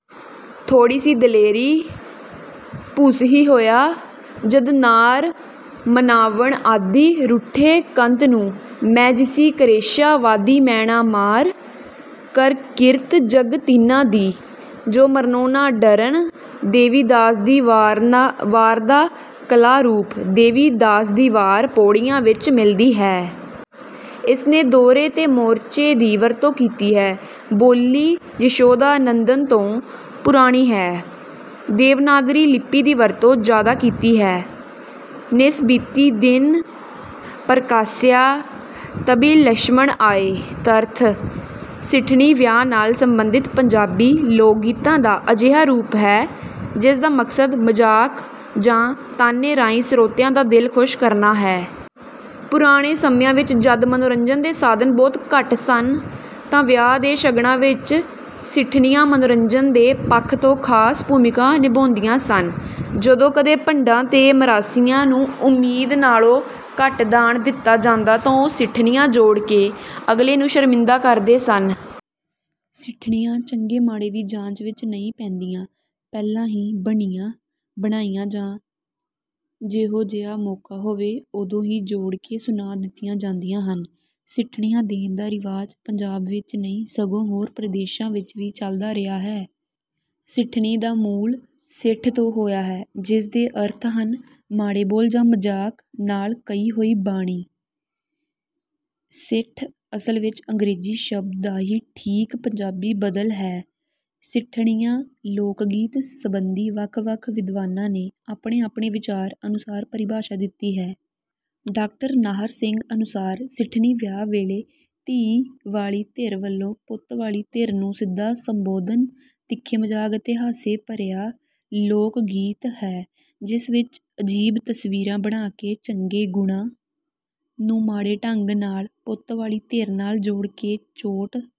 ਥੋੜੀ ਸੀ ਦਲੇਰੀ, ਭੁਸੁ ਹੀ ਹੋਇਆ। ਜਦੁ ਨਾਰ ਮਨਾਵਣ ਆਦੀ ਰੁਠੇ ਕੰਤ ਨੂੰ। ਮੈਂ ਜਿਸੀਂ ਕਰੇਸ਼ਾਂ ਵਾਦੀ ਮੈਨਾ ਮਾਰਿ ਕਰਕੀਰਤ ਜਗ ਤਿਨ੍ਹਾਂ ਦੀ, ਜੋ ਮਰਨੋ ਨਾ ਡਰਨਿ। ਦੇਵੀ ਦਾਸ ਦੀ ਵਾਰ ਦਾ ਕਲਾ ਰੂਪ: ਦੇਵੀ ਦਾਸ ਦੀ ਵਾਰ ਪਉੜੀਆਂ ਵਿੱਚ ਮਿਲਦੀ ਹੈ। ਇਸ ਨੇ ਦੋਹਰੇ ਤੇ ਮੋਰਚੇ ਦੀ ਵਰਤੋਂ ਕੀਤੀ ਹੈ। ਬੋਲੀ ਜਸ਼ੋਧਾ ਨੰਦਨ ਤੋਂ ਪੁਰਾਣੀ ਹੈ। ਦੇਵਨਾਗਰੀ ਲਿੱਪੀ ਦੀ ਵਰਤੋਂ ਜ਼ਿਆਦਾ ਕੀਤੀ ਹੈ। ਨਿਸ ਬੀਤੀ ਦਿਨੁ ਪਰਕਾਸਿਆਂ, ਤਬਿ ਲਛਮਨ ਆਏ। ਤਰਥ। ਸਿੱਠਣੀ, ਵਿਆਹ ਨਾਲ ਸਬੰਧਿਤ ਪੰਜਾਬੀ ਲੋਕਗੀਤਾਂ ਦਾ ਅਜਿਹਾ ਰੂਪ ਹੈ, ਜਿਸ ਦਾ ਮਕਸਦ ਮਜ਼ਾਕ ਜਾਂ ਤਾਅਨੇ ਰਾਹੀਂ ਸਰੋਤਿਆਂ ਦਾ ਦਿਲ ਖੁਸ਼ ਕਰਨਾ ਹੈ। ਪੁਰਾਣੇ ਸਮਿਆਂ ਵਿਚ ਜਦ ਮਨੋਰੰਜਨ ਦੇ ਸਾਧਨ ਬਹੁਤ ਘੱਟ ਸਨ ਤਾਂ ਵਿਆਹ ਦੇ ਸ਼ਗਨਾਂ ਵਿਚ ਸਿੱਠਣੀਆਂ ਮਨੋਰੰਜਨ ਦੇ ਪੱਖ ਤੋਂ ਖਾਸ ਭੂਮਿਕਾ ਨਿਭਾਉਂਦੀਆਂ ਸਨ। ਜਦੋਂ ਕਦੇ ਭੰਡਾਂ ਤੇ ਮਰਾਸੀਆਂ ਨੂੰ ਉਮੀਦ ਨਾਲੋਂ ਘੱਟ ਦਾਨ ਦਿੱਤਾ ਜਾਂਦਾ ਤਾਂ ਉਹ ਸਿੱਠਣੀਆਂ ਜੋੜ ਕੇ ਅਗਲੇ ਨੂੰ ਸ਼ਰਮਿੰਦਾ ਕਰਦੇ ਸਨ। ਸਿੱਠਣੀਆਂ ਚੰਗੇ-ਮਾੜੇ ਦੀ ਜਾਂਚ ਵਿੱਚ ਨਹੀਂ ਪੈਂਦੀਆਂ। ਪਹਿਲਾਂ ਹੀ ਬਣੀਆਂ ਬਣਾਈਆਂ ਜਾਂ ਜਿਹੋ ਜਿਹਾ ਮੌਕਾ ਹੋਵੇ, ਉਦੋਂ ਹੀ ਜੋੜ ਕੇ ਸੁਣਾ ਦਿੱਤੀਆਂ ਜਾਂਦੀਆਂ ਹਨ। ਸਿੱਠਣੀਆਂ ਦੇਣ ਦਾ ਰਿਵਾਜ਼ ਪੰਜਾਬ ਵਿੱਚ ਹੀ ਨਹੀਂ ਸਗੋਂ ਹੋਰ ਪ੍ਰਦੇਸ਼ਾਂ ਵਿਚ ਵੀ ਚੱਲਦਾ ਰਿਹਾ ਹੈ। ਸਿੱਠਣੀ ਦਾ ਮੂਲ 'ਸਿੱਠ' ਤੋਂ ਹੋਇਆ ਹੈ, ਜਿਸ ਦੇ ਅਰਥ ਹਨ ਮਾੜੇ ਬੋਲ ਜਾਂ ਮਜ਼ਾਕ ਨਾਲ ਕਹੀ ਹੋਈ ਬਾਣੀ। ਸਿੱਠ, ਅਸਲ ਵਿਚ ਅੰਗਰੇਜ਼ੀ ਸ਼ਬਦ ਦਾ ਹੀ ਠੀਕ ਪੰਜਾਬੀ ਬਦਲ ਹੈ। ਸਿੱਠਣੀਆਂ ਲੋਕ ਗੀਤ ਸਬੰਧੀ ਵੱਖ-ਵੱਖ ਵਿਦਵਾਨਾਂ ਨੇ ਆਪਣੇ-ਆਪਣੇ ਵਿਚਾਰ ਅਨੁਸਾਰ ਪਰਿਭਾਸ਼ਾ ਦਿੱਤੀ ਹੈ। ਡਾਕਟਰ ਨਾਹਰ ਸਿੰਘ ਅਨੁਸਾਰ- "ਸਿੱਠਣੀ ਵਿਆਹ ਵੇਲੇ ਧੀ ਵਾਲੀ ਧਿਰ ਵਲੋਂ ਪੁੱਤ ਵਾਲੀ ਧਿਰ ਨੂੰ ਸਿੱਧਾ ਸੰਬੋਧਨ, ਤਿੱਖੇ ਮਜ਼ਾਕ ਅਤੇ ਹਾਸੇ ਭਰਿਆ ਲੋਕ ਗੀਤ ਹੈ ਜਿਸ ਵਿਚ ਅਜੀਬ ਤਸਵੀਰਾਂ ਬਣਾ ਕੇ ਚੰਗੇ ਗੁਣਾਂ ਨੂੰ ਮਾੜੇ ਢੰਗ ਨਾਲ ਪੁੱਤ ਵਾਲੀ ਧਿਰ ਨਾਲ ਜੋੜ ਕੇ ਚੋਟ